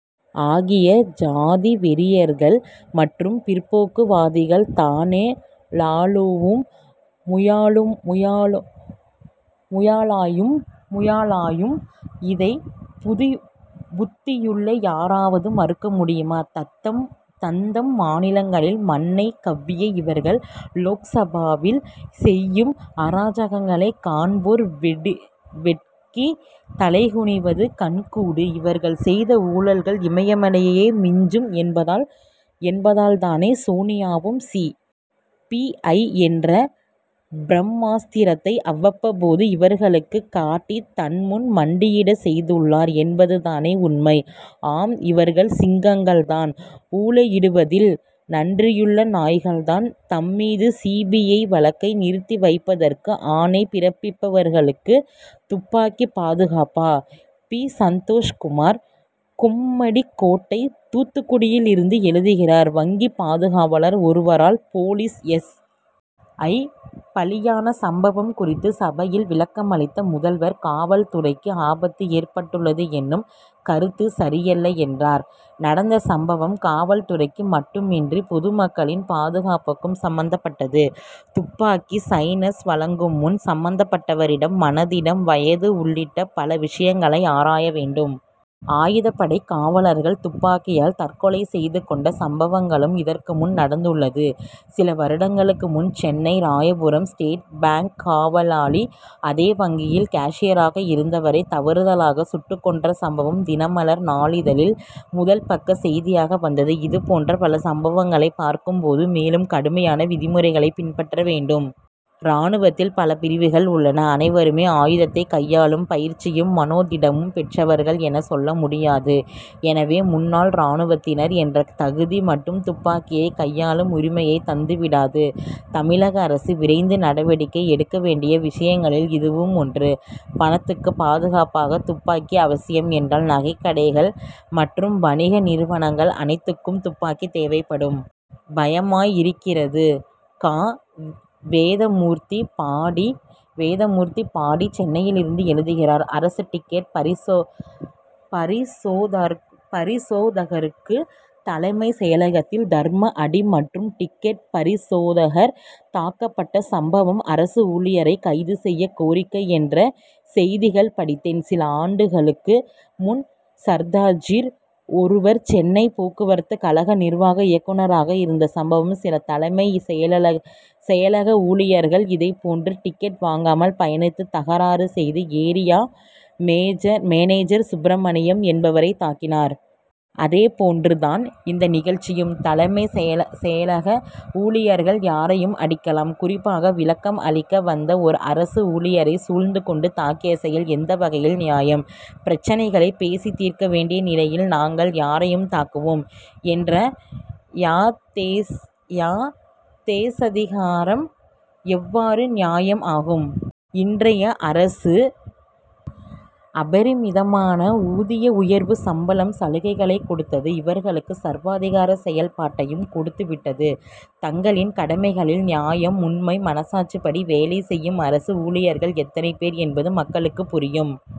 ஆக்கிய ஜாதி வெறியர்கள் மற்றும் பிற்போக்குவாதிகள் தானே லாலுவும் முலாயமும்! இதை புத்தியுள்ள யாராவது மறுக்க முடியுமா? தத்தம் மாநிலங்களில் மண்ணை கவ்விய இவர்கள் லோக்சபாவில் செய்யும் அராஜகங்களை காண்போர் வெட்கி தலைகுனிவது கண்கூடு! இவர்கள் செய்த ஊழல்கள் இமயமலையை யே மிஞ்சும் என்பதால் தானே சோனியாவும் சி. பி. ஐ. என்ற பிரம்மாஸ்திரத்தை அவ்வப்போது இவர்களுக்கு காட்டி தன்முன் மண்டியிட செய்துள்ளார் என்பது தானே உண்மை. ஆம்இவர்கள் சிங்கங்கள் தான் ஊளையிடுவதில்! நன்றியுள்ள நாய்கள்தான் தம்மீது சி. பி. ஐ. வழக்கை நிறுத்தி வைப்பதற்கு ஆணை பிறப்பிப்பவர்களுக்கு! துப்பாக்கி பாதுகாப்பா? பி. சந்தோஷ் குமார் கொம்மடிக் கோட்டை தூத்துக்குடியிலிருந்து எழுதுகிறார் வங்கி பாதுகாவலர் ஒருவரால் போலீஸ் எஸ். ஐ. பலியான சம்பவம் குறித்து சபையில் விளக்கமளித்த முதல்வர் காவல் துறைக்கு ஆபத்து ஏற்பட்டுள்ளது எனும் கருத்து சரியல்ல என்றார். நடந்த சம்பவம் காவல்துறைக்கு மட்டுமின்றி பொதுமக்களின் பாதுகாப்பும் சம்பந்தப்பட்டது. துப்பாக்கி லைசென்ஸ் வழங்கும்முன் சம்பந்தப்பட்டவரின் மனதிடம் வயது உள்ளிட்ட பல விஷயங்களை ஆராய வேண்டும். ஆயுதப்படைக் காவலர்கள் துப்பாக்கியால் தற்கொலை செய்து கொண்ட சம்பவங்களும் இதற்குமுன் நடந்துள்ளன. சில வருடங்களுக்கு முன் சென்னை ராயபுரம் ஸ்டேட் பாங்க் காவலாளி அதே வங்கியில் கேஷியராக இருந்தவரை தவறுதலாக சுட்டுக் கொன்ற சம்பவம் தினமலர் நாளிதழில் முதல் பக்க செய்தியாக வந்தது. இதுபோன்ற பல சம்பவங்களைப் பார்க்கும் போது மேலும் கடுமையான விதிமுறைகள் பின்பற்றப்பட வேண்டும். ராணுவத்தில் பல பிரிவுகள் உள்ளன. அனைவருமே ஆயுதத்தைக் கையாளும் பயிற்சியும் மனோதிடமும் பெற்றவர்கள் என சொல்ல முடியாது. எனவே முன்னாள் ராணுவத்தினர் என்ற தகுதி மட்டும் துப்பாக்கியை கையாளும் உரிமையைத் தந்துவிடாது. தமிழக அரசு விரைந்து நடவடிக்கை எடுக்க வேண்டிய விஷயங்களில் இதுவும் ஒன்று. பணத்துக்கு பாதுகாப்பாக துப்பாக்கி அவசியம் என்றால் நகைக்கடைகள் மற்றும் வணிக நிறுவனங்கள் அனைத்துக்கும் துப்பாக்கி தேவைப்படும். பயமாய் இருக்கிறது! கா. வேதமூர்த்தி பாடி சென்னையிலிருந்து எழுதுகிறார் அரசு டிக்கெட் பரிசோதகருக்கு தலைமை செயலகத்தில் தர்ம அடி மற்றும் டிக்கெட் பரிசோதகர் தாக்கப்பட்ட சம்பவம் அரசு ஊழியரை கைது செய்ய கோரிக்கை என்ற செய்திகள் படித்தேன். சில ஆண்டுகளுக்கு முன் சர்தார்ஜி ஒருவர் சென்னை போக்குவரத்து கழக நிர்வாக இயக்குனராக இருந்த சமயம் சில தலைமை செயலக ஊழியர்கள் இதே போன்று டிக்கெட் வாங்காமல் பயணித்து தகராறு செய்து ஏரியா மேனேஜர் சுப்பிரமணியம் என்பவரை தாக்கினர். அதே போன்று தான் இந்த நிகழ்ச்சியும். தலைமை செயலக ஊழியர்கள் யாரையும் அடிக்கலாம். குறிப்பாக விளக்கம் அளிக்க வந்த ஒரு அரசு ஊழியரை சூழ்ந்து கொண்டு தாக்கிய செயல் எந்த வகையில் நியாயம்? பிரச்னைகளை பேசித் தீர்க்க வேண்டிய நிலையில் நாங்கள் யாரையும் தாக்குவோம் என்ற யாதேச்சதிகாரம் எவ்வாறு நியாயம் ஆகும். இன்றைய அரசு அபரிமிதமான ஊதிய உயர்வு சம்பளம் சலுகைகளைக் கொடுத்தது இவர்களுக்கு சர்வாதிகார செயல் பாட்டையும் கொடுத்து விட்டது. தங்களின் கடமைகளில் நியாயம் உண்மை மனசாட்சிப்படி வேலை செய்யும் அரசு ஊழியர்கள் எத்தனை பேர் என்பது மக்களுக்குப் புரியும்.